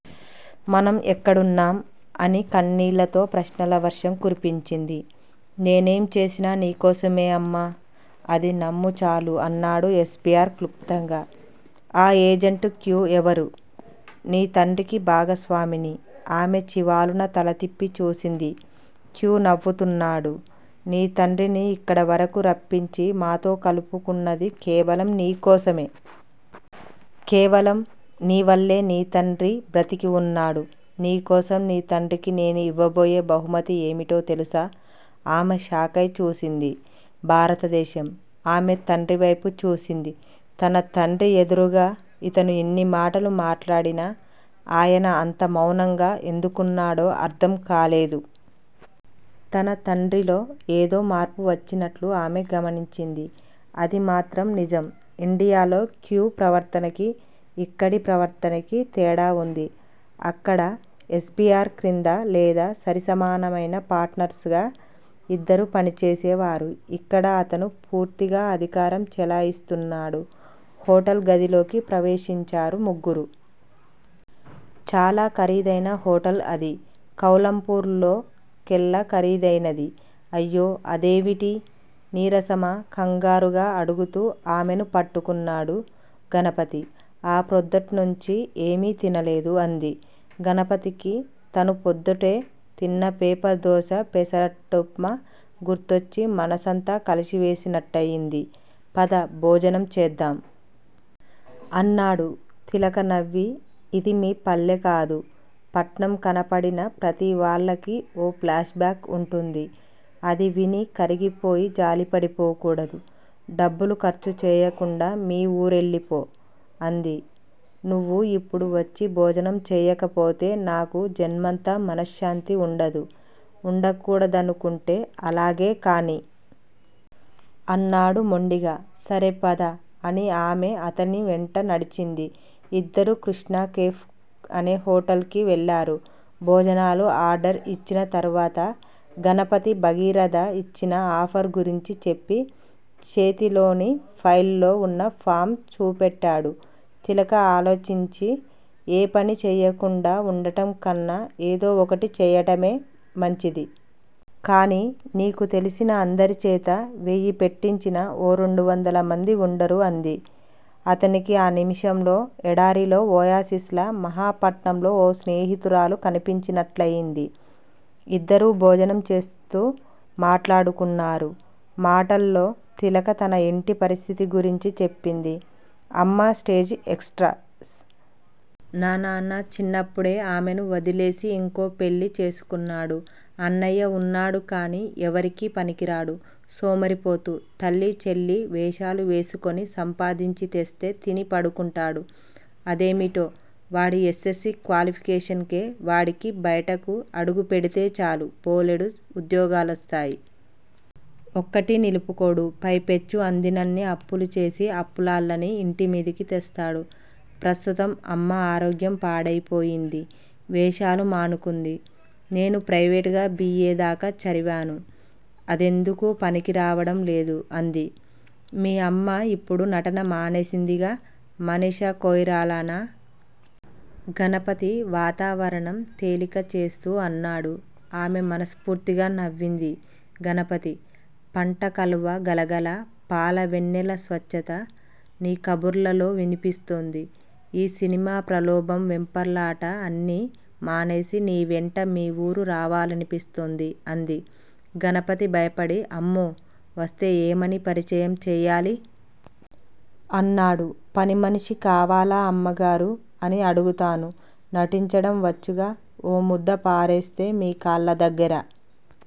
మనం ఎక్కడున్నాం? అని కన్నీళ్ళతో ప్రశ్నల వర్షం కురిపించింది. నేనేం చేసినా నీ కోసమే అమ్మా! అది నమ్ము చాలు అన్నాడు యస్బీఆర్ క్లుప్తంగా. ఆ ఏజెంట్ క్యూ ఎవరు? నీ తండ్రికి భాగస్వామిని. ఆమె చివాలున తల తిప్పి చూసింది. క్యూ నవ్వుతున్నాడు. నీ తండ్రిని ఇక్కడవరకూ రప్పించి మాతో కలుపుకున్నది కేవలం నీ కోసమే. కేవలం నీ వల్లే నీ తండ్రి బ్రతికి వున్నాడు. నీ కోసం నీ తండ్రికి నేను ఇవ్వబోయే బహుమతి ఏమిటో తెలుసా? ఆమె షాకై చూసింది. భారతదేశం. ఆమె తండ్రివైపు చూసింది. తన తండ్రి ఎదురుగా ఇతను ఎన్ని మాటలు మాట్లాడినా ఆయన అంత మౌనంగా ఎందుకుకున్నాడో అర్థం కాలేదు. తన తండ్రిలో ఏదో మార్పు వచ్చినట్లు ఆమె గమనించింది. అది మాత్రం నిజం. ఇండియాలో 'క్యూ' ప్రవర్తనకీ ఇక్కడి ప్రవర్తనకీ తేడా వుంది. అక్కడ యస్బీఆర్ క్రింద- లేదా- సరిసమానమైన పార్ట్నర్స్ గా ఇద్దరూ పని చేసేవారు. ఇక్కడ అతను పూర్తిగా అధికారం చెలాయిస్తున్నాడు. హోటల్ గదిలోకి ప్రవేశించారు ముగ్గురూ. చాలా ఖరీదైన హోటల్ అది. కౌలంపూర్ లో కెల్లా ఖరీదైనది.। అయ్యో అదేవిటీ? నీరసమా? కంగారుగా అడుగుతూ ఆమెను పట్టుకున్నాడు గణపతి. ఆఁ పొద్దుట్నుంచీ ఏమీ తినలేదు! అంది. గణపతికి తను పొద్దుటే తిన్న పేపర్ దోస, పెసరట్టుప్మా గుర్తొచ్చి మనసంతా కలచివేసినట్టేయ్యింది. పద, భోజనం చేద్దాం! అన్నాడు. తిలక నవ్వి, ఇది మీ పల్లెకాదు. పట్నం! కనపడిన ప్రతివాళ్ళకీ ఓ ఫ్లాష్ బాక్ వుంటుంది. అది విని కరిగిపోయి జాలిపడిపోకూడదు! డబ్బులు ఖర్చు చేయకుండా మీ ఊరెళ్ళిపో! అంది. నువ్వు ఇప్పుడు వచ్చి భోజనం చెయ్యకపోతే నాకు జన్మంతా మనశ్శాంతి ఉండదు! ఉండకూడదనుకుంటే అలాగే కానీ! అన్నాడు మొండిగా. సరే పద! అని ఆమె అతని వెంట నడిచింది. ఇద్దరూ కృష్టా కేఫ్ అనే హోటల్ కి వెళ్ళారు. భోజనాలు ఆర్డర్ ఇచ్చిన తర్వాత గణపతి భగీరథ ఇచ్చిన ఆఫర్ గురించి చెప్పి చేతిలోని ఫైల్ లో ఉన్న ఫామ్ చూపెట్టాడు. తిలక ఆలోచించి ఏ పనీ చెయ్యకుండా ఉండటం కన్నా ఏదో ఒకటి చెయ్యడమే మంచిది! కానీయ్ నీకు తెలిసిన అందరిచేత వెయ్యి పెట్టించినా ఓ రెండొందలమంది ఉండరూ? అంది. అతనికి ఆ నిమిషంలో ఎడారిలో ఒయాసిస్ లా మహాపట్నంలో ఓ స్నేహితురాలు కనిపించినట్లయింది. ఇద్దరూ భోజనం చేస్తూ మాట్లాడుకున్నారు. మాటల్లో తిలక తన ఇంటి పరిస్థితి గురించి చెప్పింది. అమ్మ స్టేజ్ ఎక్ట్రస్. నన్నానా చిన్నప్పుడే ఆమెను వదిలేసి ఇంకో పెళ్ళి చేసుకున్నాడు. అన్నయ్య ఉన్నాడు కానీ, ఎవరికీ పనికిరాడు! సోమరిపోతు తల్లీ, చెల్లీ వేషాలు వేసుకొని సంపాదించి తెస్తే తిని పడుకుంటాడు. అదేమిటో వాడి ఎస్. ఎస్. సి. క్వాలిఫీకేషన్ కే వాడికి బయటకు అడుగు పెడితే చాలు బోలెడు ఉద్యోగాలొస్తాయ్. ఒక్కటీ నిలుపుకోడు. పై పెచ్చు అందినన్ని అప్పులు చేసి అప్పులాళ్ళని ఇంటిమీదకి తెస్తాడు. ప్రస్తుతం అమ్మ ఆరోగ్యం పాడయిపోయింది. వేషాలు మానుకుంది. నేను ప్రయివేటుగా బి. ఏ. దాకా చరివాను. అదెందుకూ పనికిరావడం లేదు! అంది. మీ అమ్మ ఇప్పుడు నటన మానేసిందిగా మానేషా కొయిరాలానా? గణపతి వాతావరణం తేలికచేస్తూ అన్నాడు. ఆమె మనస్ఫూర్తిగా నవ్వింది! గణపతీ! పంటకలువ గలగలా, పాల వెన్నెల స్వచ్చతా నీ కబుర్లలో వినిపిస్తోంది. ఈ సినిమా ప్రలోభం వెంపర్లాటా అన్నీ మానేసి నీ వెంట మీ ఊరు రావాలనిపిస్తోంది! అంది. గణపతి భయపడి అమ్మో! వస్తే ఏమని పరిచయం చెయ్యాలి? అన్నాడు. పనిమనిషి కావాలా అమ్మగారూ? అని అడుగుతానూ నటించడం వచ్చుగా! ఓ ముద్ద పారేస్తే మీ కాళ్ళదగ్గర